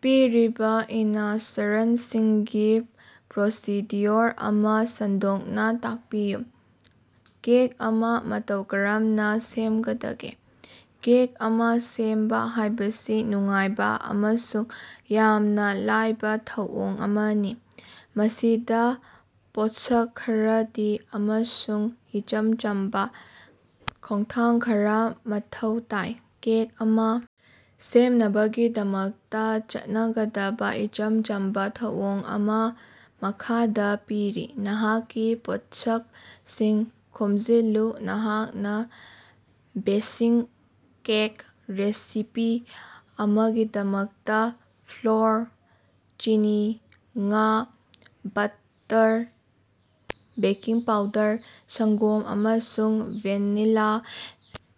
ꯄꯤꯔꯤꯕ ꯏꯅꯁ꯭ꯔꯟꯁꯤꯡꯒꯤ ꯄ꯭ꯔꯣꯁꯤꯗ꯭ꯌꯨꯑꯣꯔ ꯑꯃꯥ ꯁꯟꯗꯣꯛꯅꯥ ꯇꯥꯛꯄꯤꯌꯨ꯫ ꯀꯦꯛ ꯑꯃꯥ ꯃꯇꯧ ꯀꯔꯝꯅ ꯁꯦꯝꯒꯗꯒꯦ꯫ ꯀꯦꯛ ꯑꯃꯥ ꯁꯦꯝꯕ ꯍꯥꯏꯕꯁꯤ ꯅꯨꯡꯉꯥꯏꯕ ꯑꯃꯁꯨꯡ ꯌꯥꯝꯅ ꯂꯥꯏꯕ ꯊꯧꯑꯣꯡ ꯑꯃꯅꯤ, ꯃꯁꯤꯗ ꯄꯣꯠꯁꯛ ꯈꯔꯗꯤ ꯑꯃꯁꯨꯡ ꯏꯆꯝ ꯆꯝꯕ ꯈꯣꯡꯊꯥꯡ ꯈꯔꯥ ꯃꯊꯧ ꯇꯥꯏ꯫ ꯀꯦꯛ ꯑꯃꯥ ꯁꯦꯝꯅꯕꯒꯤꯗꯃꯛꯇꯥ ꯆꯠꯅꯒꯗꯕ ꯏꯆꯝ ꯆꯝꯕ ꯊꯧꯑꯣꯡ ꯑꯃꯥ ꯃꯈꯥꯗꯥ ꯄꯤꯔꯤ ꯅꯍꯥꯛꯀꯤ ꯄꯣꯠꯁꯛꯁꯤꯡ ꯈꯣꯝꯖꯤꯜꯂꯨ ꯅꯍꯥꯛꯅꯥ ꯕꯦꯁꯤꯡ ꯀꯦꯛ ꯔꯦꯁꯤꯄꯤ ꯑꯃꯒꯤꯗꯃꯛꯇꯥ ꯐ꯭ꯂꯣꯔ, ꯆꯤꯅꯤ, ꯉꯥ, ꯕꯠꯇꯔ, ꯕꯦꯀꯤꯡ ꯄꯥꯎꯗꯔ, ꯁꯪ꯭ꯒꯣꯝ, ꯑꯃꯁꯨꯡ ꯚꯦꯅꯤꯂꯥ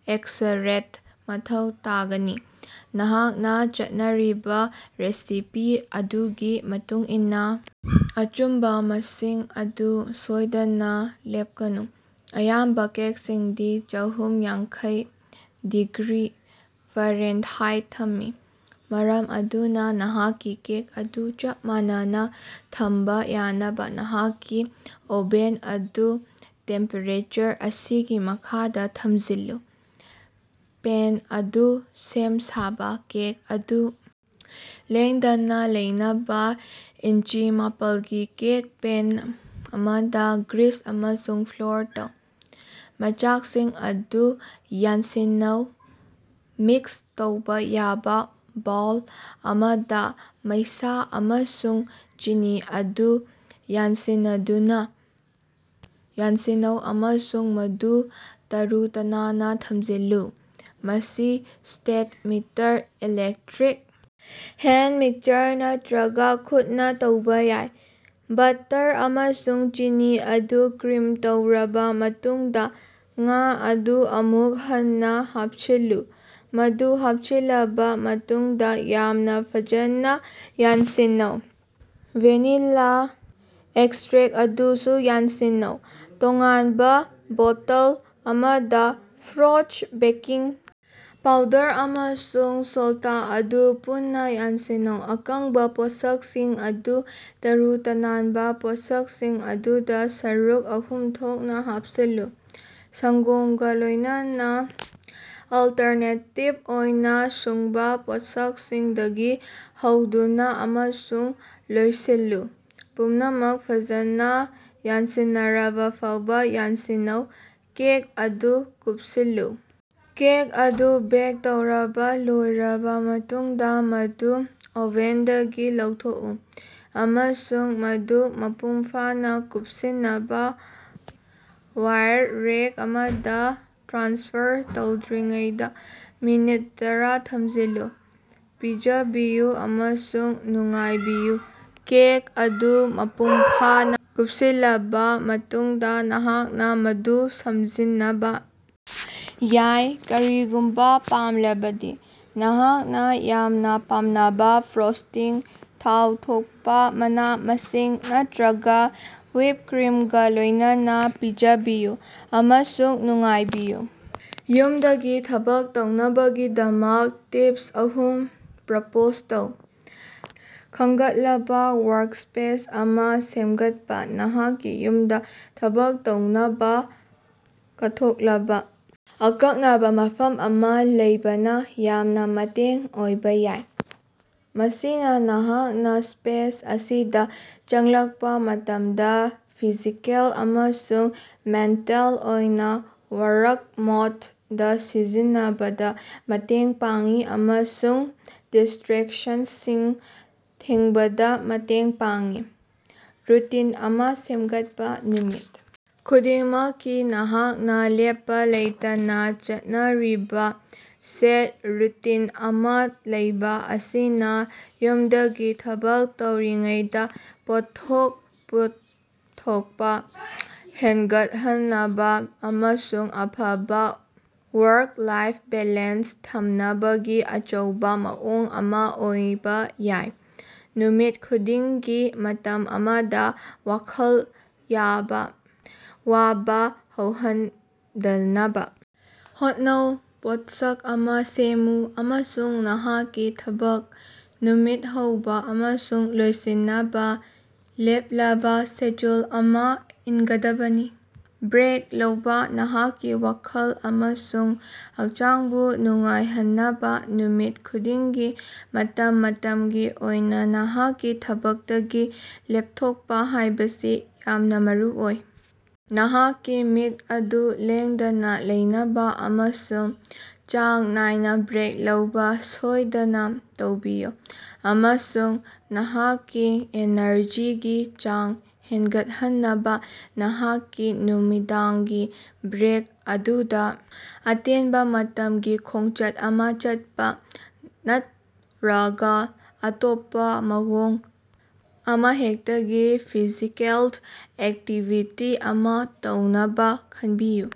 ꯑꯦꯛꯁꯠꯔꯦꯛꯇ ꯃꯊꯧ ꯇꯥꯒꯅꯤ꯫ ꯅꯍꯥꯛꯅ ꯆꯠꯅꯔꯤꯕ ꯔꯦꯁꯤꯄꯤ ꯑꯗꯨꯒꯤ ꯃꯇꯨꯡꯏꯟꯅꯥ ꯑꯆꯨꯝꯕ ꯃꯁꯤꯡ ꯑꯗꯨ ꯁꯣꯏꯗꯅꯥ ꯂꯦꯞꯀꯅꯨ꯫ ꯑꯌꯥꯝꯕ ꯀꯦꯛꯁꯤꯡꯗꯤ ꯆꯥꯍꯨꯝꯌꯥꯡꯈꯩ ꯗꯤꯒ꯭ꯔꯤ ꯐꯥꯔꯦꯅꯍꯥꯏꯠꯇꯥ ꯊꯝꯏ, ꯃꯔꯝ ꯑꯗꯨꯅꯥ ꯅꯍꯥꯛꯀꯤ ꯀꯦꯛ ꯑꯗꯨ ꯆꯞ ꯃꯥꯟꯅꯅꯥ ꯊꯝꯕ ꯌꯥꯅꯕ ꯅꯍꯥꯛꯀꯤ ꯑꯣꯕꯦꯟ ꯑꯗꯨ ꯇꯦꯝꯄꯦꯔꯦꯆꯔ ꯑꯁꯤꯒꯤ ꯃꯈꯥꯗ ꯊꯝꯖꯤꯜꯂꯨ꯫ ꯄꯦꯟ ꯑꯗꯨ ꯁꯦꯝ ꯁꯥꯕꯥ ꯀꯦꯛ ꯑꯗꯨ ꯂꯦꯡꯗꯅꯥ ꯂꯩꯅꯕꯥ ꯏꯟꯆꯤ ꯃꯄꯥꯜꯒꯤ ꯀꯦꯛ ꯄꯦꯟ ꯑꯃꯗꯥ ꯒ꯭ꯔꯤꯁ ꯑꯃꯁꯨꯡ ꯐ꯭ꯂꯣꯔ ꯇꯧ꯫ ꯃꯆꯥꯛꯁꯤꯡ ꯑꯗꯨ ꯌꯥꯟꯁꯤꯟꯅꯧ ꯃꯤꯛꯁ ꯇꯧꯕ ꯌꯥꯕ ꯕꯣꯜ ꯑꯃꯗꯥ, ꯃꯩꯁꯥ ꯑꯃꯁꯨꯡ ꯆꯤꯅꯤ ꯑꯗꯨ ꯌꯥꯟꯁꯤꯟꯅꯗꯨꯅꯥ ꯌꯥꯟꯁꯤꯟꯅꯧ ꯑꯃꯁꯨꯡ ꯃꯗꯨ ꯇꯔꯨ-ꯇꯅꯥꯟꯅꯥ ꯊꯝꯖꯤꯜꯂꯨ꯫ ꯃꯁꯤ stand mixer, electric hand mixer ꯅꯠꯇ꯭ꯔꯒꯥ ꯈꯨꯠꯅꯥ ꯇꯧꯕ ꯌꯥꯏ꯫ ꯕꯠꯇꯔ ꯑꯃꯁꯨꯡ ꯆꯤꯅꯤ ꯑꯗꯨ ꯀ꯭ꯔꯤꯝ ꯇꯧꯔꯕ ꯃꯇꯨꯡꯗꯥ, ꯉꯥ ꯑꯗꯨ ꯑꯃꯨꯛ ꯍꯟꯅꯥ ꯍꯥꯞꯆꯤꯜꯂꯨ, ꯃꯗꯨ ꯍꯥꯞꯆꯤꯜꯂꯕꯥ ꯃꯇꯨꯡꯗꯥ ꯌꯥꯝꯅ ꯐꯖꯟꯅꯥ ꯌꯥꯟꯁꯤꯟꯅꯧ꯫ ꯚꯦꯅꯤꯂꯥ ꯑꯦꯛꯁꯠꯔꯦꯛꯇ ꯑꯗꯨꯁꯨ ꯌꯥꯟꯁꯤꯟꯅꯧ꯫ ꯇꯣꯉꯥꯟꯕ ꯕꯣꯇꯜ ꯑꯃꯗꯥ, ꯐ꯭ꯂꯣꯆ, ꯕꯦꯀꯤꯡ ꯄꯥꯎꯗꯔ ꯑꯃꯁꯨꯡ ꯁꯣꯜꯇ ꯑꯗꯨ ꯄꯨꯟꯅꯥ ꯌꯥꯟꯁꯤꯟꯅꯧ꯫ ꯑꯀꯪꯕꯥ ꯄꯣꯠꯁꯛꯁꯤꯡ ꯑꯗꯨ ꯇꯔꯨ-ꯇꯥꯅꯕꯥ ꯄꯣꯠꯁꯛꯁꯤꯡ ꯑꯗꯨꯗꯥ ꯁꯔꯨꯛ ꯑꯍꯨꯝ ꯊꯣꯛꯅꯥ ꯍꯥꯞꯆꯤꯜꯂꯨ, ꯁꯪ꯭ꯒꯣꯝꯒ ꯂꯣꯏꯅꯅꯥ ꯑꯂꯇꯔꯅꯦꯇꯤꯚ ꯑꯣꯏꯅ ꯁꯨꯡꯕꯥ ꯄꯣꯠꯁꯛꯁꯤꯡꯗꯒꯤ ꯍꯧꯗꯨꯅꯥ ꯑꯃꯁꯨꯡ ꯂꯣꯏꯁꯤꯜꯂꯨ꯫ ꯄꯨꯝꯅꯃꯛ ꯐꯖꯅꯥ ꯌꯥꯟꯁꯤꯟꯅꯔꯕ ꯐꯥꯎꯕ ꯌꯥꯟꯁꯤꯟꯅꯧ꯫ ꯀꯦꯛ ꯑꯗꯨ ꯀꯨꯞꯁꯤꯜꯂꯨ ꯀꯦꯛ ꯑꯗꯨ ꯕꯦꯛ ꯇꯧꯔꯕ ꯂꯣꯏꯔꯕ ꯃꯇꯨꯡꯗꯥ, ꯃꯗꯨ ꯑꯣꯕꯦꯟꯗꯒꯤ ꯂꯧꯊꯣꯛꯎ, ꯑꯃꯁꯨꯡ ꯃꯗꯨ ꯃꯄꯨꯡꯐꯥꯅꯥ ꯀꯨꯞꯁꯤꯟꯅꯕ ꯋꯥꯏꯔ ꯔꯦꯛ ꯑꯃꯗꯥ ꯇ꯭ꯔꯥꯟꯁꯐꯔ ꯇꯧꯗ꯭ꯔꯤꯉꯩꯗꯥ ꯃꯤꯅꯠ ꯇꯔꯥ ꯊꯝꯖꯤꯜꯂꯨ꯫ ꯄꯤꯖꯕꯤꯌꯨ ꯑꯃꯁꯨꯡ ꯅꯨꯡꯉꯥꯏꯕꯤꯌꯨ ꯀꯦꯛ ꯑꯗꯨ ꯃꯄꯨꯡ ꯐꯥꯅꯥ ꯀꯨꯞꯁꯤꯜꯂꯕꯥ ꯃꯇꯨꯡꯗꯥ, ꯅꯍꯥꯛꯅꯥ ꯃꯗꯨ ꯁꯝꯖꯤꯟꯅꯕ ꯌꯥꯏ, ꯀꯔꯤꯒꯨꯝꯕ ꯄꯥꯝꯂꯕꯗꯤ꯫ ꯅꯍꯥꯛꯅ ꯌꯥꯝꯅ ꯄꯥꯝꯅꯕ ꯐ꯭ꯔꯣꯁ꯭ꯇꯤꯡ, ꯊꯥꯎ ꯊꯣꯛꯄꯥ ꯃꯅꯥ-ꯃꯁꯤꯡ ꯅꯠꯇ꯭ꯔꯒꯥ ꯍꯨꯏꯞ ꯀ꯭ꯔꯤꯝꯒꯥ ꯂꯣꯏꯅꯅꯥ ꯄꯤꯖꯕꯤꯌꯨ ꯑꯃꯁꯨꯡ ꯅꯨꯡꯉꯥꯏꯕꯤꯌꯨ꯫ ꯌꯨꯝꯗꯒꯤ ꯊꯕꯛ ꯇꯧꯅꯕꯒꯤꯗꯃꯛ ꯇꯤꯄꯁ ꯑꯍꯨꯝ ꯄ꯭ꯔꯄꯣꯖ ꯇꯧ꯫ ꯈꯪꯒꯠꯂꯕ ꯋꯥꯔꯀꯁ꯭ꯄꯦꯁ ꯑꯃꯥ ꯁꯦꯝꯒꯠꯄꯥ ꯅꯍꯥꯛꯀꯤ ꯌꯨꯝꯗꯥ ꯊꯕꯛ ꯇꯧꯅꯕꯥ ꯀꯠꯊꯣꯛꯂꯕꯥ ꯑꯀꯛꯅꯕꯥ ꯃꯐꯝ ꯑꯃꯥ ꯂꯩꯕꯅ ꯌꯥꯝꯅ ꯃꯇꯦꯡ ꯑꯣꯏꯕ ꯌꯥꯏ꯫ ꯃꯁꯤꯅ ꯅꯍꯥꯛꯅ ꯁ꯭ꯄꯦꯁ ꯑꯁꯤꯗ ꯆꯪꯂꯛꯄꯥ ꯃꯇꯝꯗꯥ ꯐꯤꯖꯤꯀꯦꯜ ꯑꯃꯁꯨꯡ ꯃꯦꯟꯇꯦꯜ ꯑꯣꯏꯅ "ꯋꯥꯔꯛ ꯃꯣꯗ" ꯗꯥ ꯁꯤꯖꯤꯟꯅꯕꯗꯥ ꯃꯇꯦꯡ ꯄꯥꯡꯏ, ꯑꯃꯁꯨꯡ ꯗꯤꯁ꯭ꯇꯔꯦꯛꯁꯟꯁꯤꯡ ꯊꯤꯡꯕꯗꯥ ꯃꯇꯦꯡ ꯄꯥꯡꯏ꯫ ꯔꯨꯇꯤꯟ ꯑꯃꯥ ꯁꯦꯝꯒꯠꯄꯥ ꯅꯨꯃꯤꯠ ꯈꯨꯗꯤꯡꯃꯛꯀꯤ ꯅꯍꯥꯛꯅꯥ ꯂꯦꯞꯄꯥ ꯂꯩꯇꯅꯥ ꯆꯠꯅꯔꯤꯕꯥ ꯁꯦꯠ ꯔꯨꯇꯤꯟ ꯑꯃꯥ ꯂꯩꯕ ꯑꯁꯤꯅ ꯌꯨꯝꯗꯒꯤ ꯊꯕꯛ ꯇꯧꯔꯤꯉꯩꯗꯥ ꯄꯣꯠꯊꯣꯛ ꯄꯨꯊꯣꯛꯄꯥ ꯍꯦꯟꯒꯠꯍꯟꯅꯕ ꯑꯃꯁꯨꯡ ꯑꯐꯕꯥ ꯋꯥꯔꯛ-ꯂꯥꯏꯐ ꯕꯦꯂꯦꯟꯁ ꯊꯝꯅꯕꯒꯤ ꯑꯆꯧꯕꯥ ꯃꯑꯣꯡ ꯑꯃꯥ ꯑꯣꯏꯕ ꯌꯥꯏ꯫ ꯅꯨꯃꯤꯠ ꯈꯨꯗꯤꯡꯒꯤ ꯃꯇꯝ ꯑꯃꯗꯥ ꯋꯥꯈꯜ ꯌꯥꯕ ꯋꯥꯕ ꯍꯧꯍꯟꯗꯅꯕ ꯍꯣꯠꯅꯧ, ꯄꯣꯠꯁꯛ ꯑꯃꯥ ꯁꯦꯝꯃꯨ ꯑꯃꯁꯨꯡ ꯅꯍꯥꯛꯀꯤ ꯊꯕꯛ ꯅꯨꯃꯤꯠ ꯍꯧꯕ ꯑꯃꯁꯨꯡ ꯂꯣꯏꯁꯤꯟꯅꯕꯥ ꯂꯦꯞꯂꯕ ꯁꯦꯗ꯭ꯌꯨꯜ ꯑꯃꯥ ꯏꯟꯒꯗꯕꯅꯤ꯫ ꯕ꯭ꯔꯦꯛ ꯂꯧꯕꯥ ꯅꯍꯥꯛꯀꯤ ꯋꯥꯈꯜ ꯑꯃꯁꯨꯡ ꯍꯛꯆꯥꯡꯕꯨ ꯅꯨꯡꯉꯥꯏꯍꯟꯅꯕ ꯅꯨꯃꯤꯠ ꯈꯨꯗꯤꯡꯒꯤ ꯃꯇꯝ ꯃꯇꯝꯒꯤ ꯑꯣꯏꯅ ꯅꯍꯥꯛꯀꯤ ꯊꯕꯛꯇꯒꯤ ꯂꯦꯞꯊꯣꯛꯄꯥ ꯍꯥꯏꯕꯁꯤ ꯌꯥꯝꯅ ꯃꯔꯨꯑꯣꯏ꯫ ꯅꯍꯥꯛꯀꯤ ꯃꯤꯠ ꯑꯗꯨ ꯂꯦꯡꯗꯅꯥ ꯂꯩꯅꯕꯥ ꯑꯃꯁꯨꯡ ꯆꯥꯡ ꯅꯥꯏꯅꯥ ꯕ꯭ꯔꯦꯛ ꯂꯧꯕꯥ ꯁꯣꯏꯗꯅ ꯇꯧꯕꯤꯌꯨ, ꯑꯃꯁꯨꯡ ꯅꯍꯥꯛꯀꯤ ꯑꯦꯅꯔꯖꯤꯒꯤ ꯆꯥꯡ ꯍꯦꯟꯒꯠꯍꯟꯅꯕꯥ ꯅꯍꯥꯛꯀꯤ ꯅꯨꯃꯤꯗꯥꯡꯒꯤ ꯕ꯭ꯔꯦꯛ ꯑꯗꯨꯗꯥ ꯑꯇꯦꯟꯕ ꯃꯇꯝꯒꯤ ꯈꯣꯡꯆꯠ ꯑꯃꯥ ꯆꯠꯄꯥ ꯅꯠꯔꯒꯥ ꯑꯇꯣꯞꯄꯥ ꯃꯑꯣꯡ ꯑꯃꯍꯦꯛꯇꯒꯤ ꯐꯤꯖꯤꯀꯦꯜ ꯑꯦꯛꯇꯤꯚꯤꯇꯤ ꯑꯃꯥ ꯇꯧꯅꯕꯥ ꯈꯟꯕꯤꯌꯨ꯫